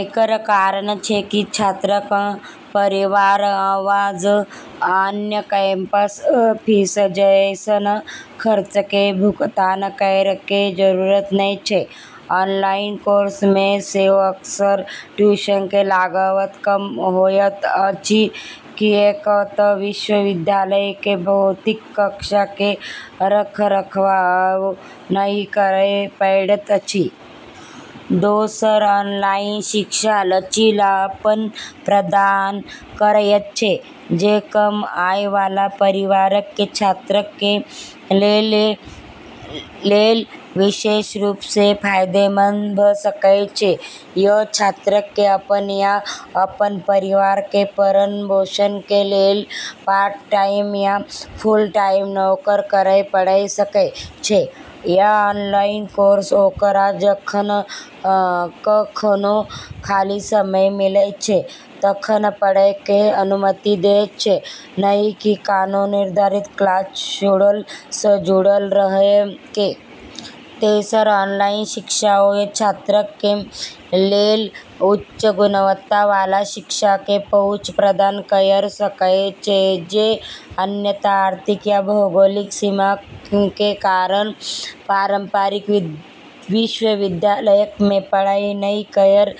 एकरऽ कारण छै कि छात्रऽ क॑ परिवहन, आवास, या अन्य कैंपस फीस जैसनऽ खर्च के भुगतान करै के जरूरत नै छै। ऑनलाइन कोर्स मे सेहो अक्सर ट्यूशन के लागत कम होएत अछि किएक त विश्वविद्यालय के भौतिक कक्षा के रखरखाव नहिं करय पड़ैत अछि. दोसर, ऑनलाइन शिक्षा लचीलापन प्रदान करयत छै जे कम आय वाला परिवारक कें छात्रक कें लेल विशेष रूप सं फायदेमंद भ सकय छै. इ छात्रक कें अपन या अपन परिवार कें भरण-पोषण कें लेल पार्ट टाइम या फुल टाइम नौकरी करय पड़य सकय छै, आ ऑनलाइन कोर्स ओकरा जखन कखनो खाली समय मिलय छै तखन पढ़य कें अनुमति देयत छै, नहि कि कोनों निर्धारित क्लास शेड्यूल सं जुड़ल रहय कें. तेसर, ऑनलाइन शिक्षा ओय छात्रक कें लेल उच्च गुणवत्ता वाला शिक्षा कें पहुंच प्रदान कयर सकय छै जे अन्यथा आर्थिक या भौगोलिक सीमाक कें कारण पारंपरिक विश्वविद्यालयक मे पढ़ाई नहि कयर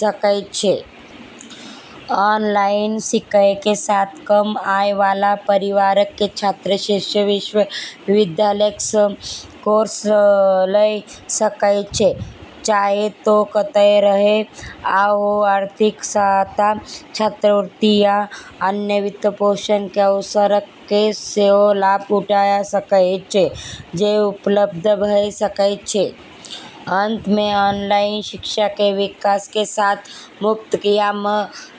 सकय छै. ऑनलाइन सीखय कें साथ, कम आय वाला परिवारक कें छात्र शीर्ष विश्वविद्यालयक सं कोर्स ल सकय छै, चाहे ओ कतय रहय, आ ओ आर्थिक सहायता, छात्रवृत्ति, या अन्य वित्तपोषण कें अवसरक कें सेहो लाभ उठा सकय छै जे उपलब्ध भ सकय छै. अंत मे, ऑनलाइन शिक्षा कें विकास कें साथ, मुफ्त या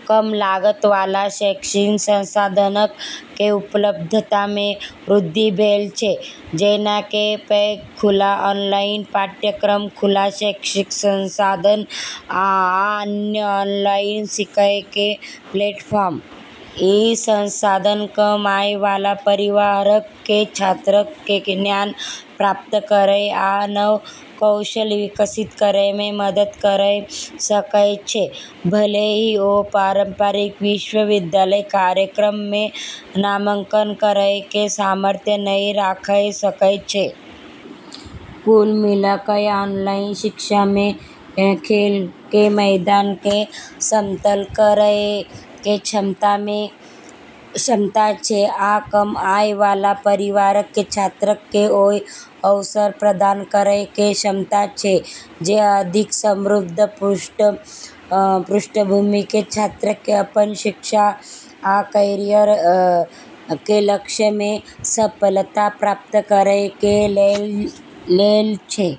कम लागत वाला शैक्षिक संसाधनक कें उपलब्धता मे वृद्धि भेल छै, जेना कि पैघ खुला ऑनलाइन पाठ्यक्रम, खुला शैक्षिक संसाधन, आ अन्य ऑनलाइन सीखय कें प्लेटफॉर्म. इ संसाधन कम आय वाला परिवारक कें छात्रक कें ज्ञान प्राप्त करय आ नव कौशल विकसित करय मे मदद कयर सकय छै, भले ही ओ पारंपरिक विश्वविद्यालय कार्यक्रम मे नामांकन करय कें सामर्थ्य नहि राखय सकय छै. कुल मिलाकय ऑनलाइन शिक्षा मे खेल कें मैदान कें समतल करय कें क्षमता छै आ कम आय वाला परिवारक कें छात्रक कें ओय अवसर प्रदान करय कें क्षमता छै जे अधिक समृद्ध पृष्ठभूमि कें छात्रक कें अपन शिक्षा आ कैरियर कें लक्ष्य मे सफलता प्राप्त करय कें लेल छै.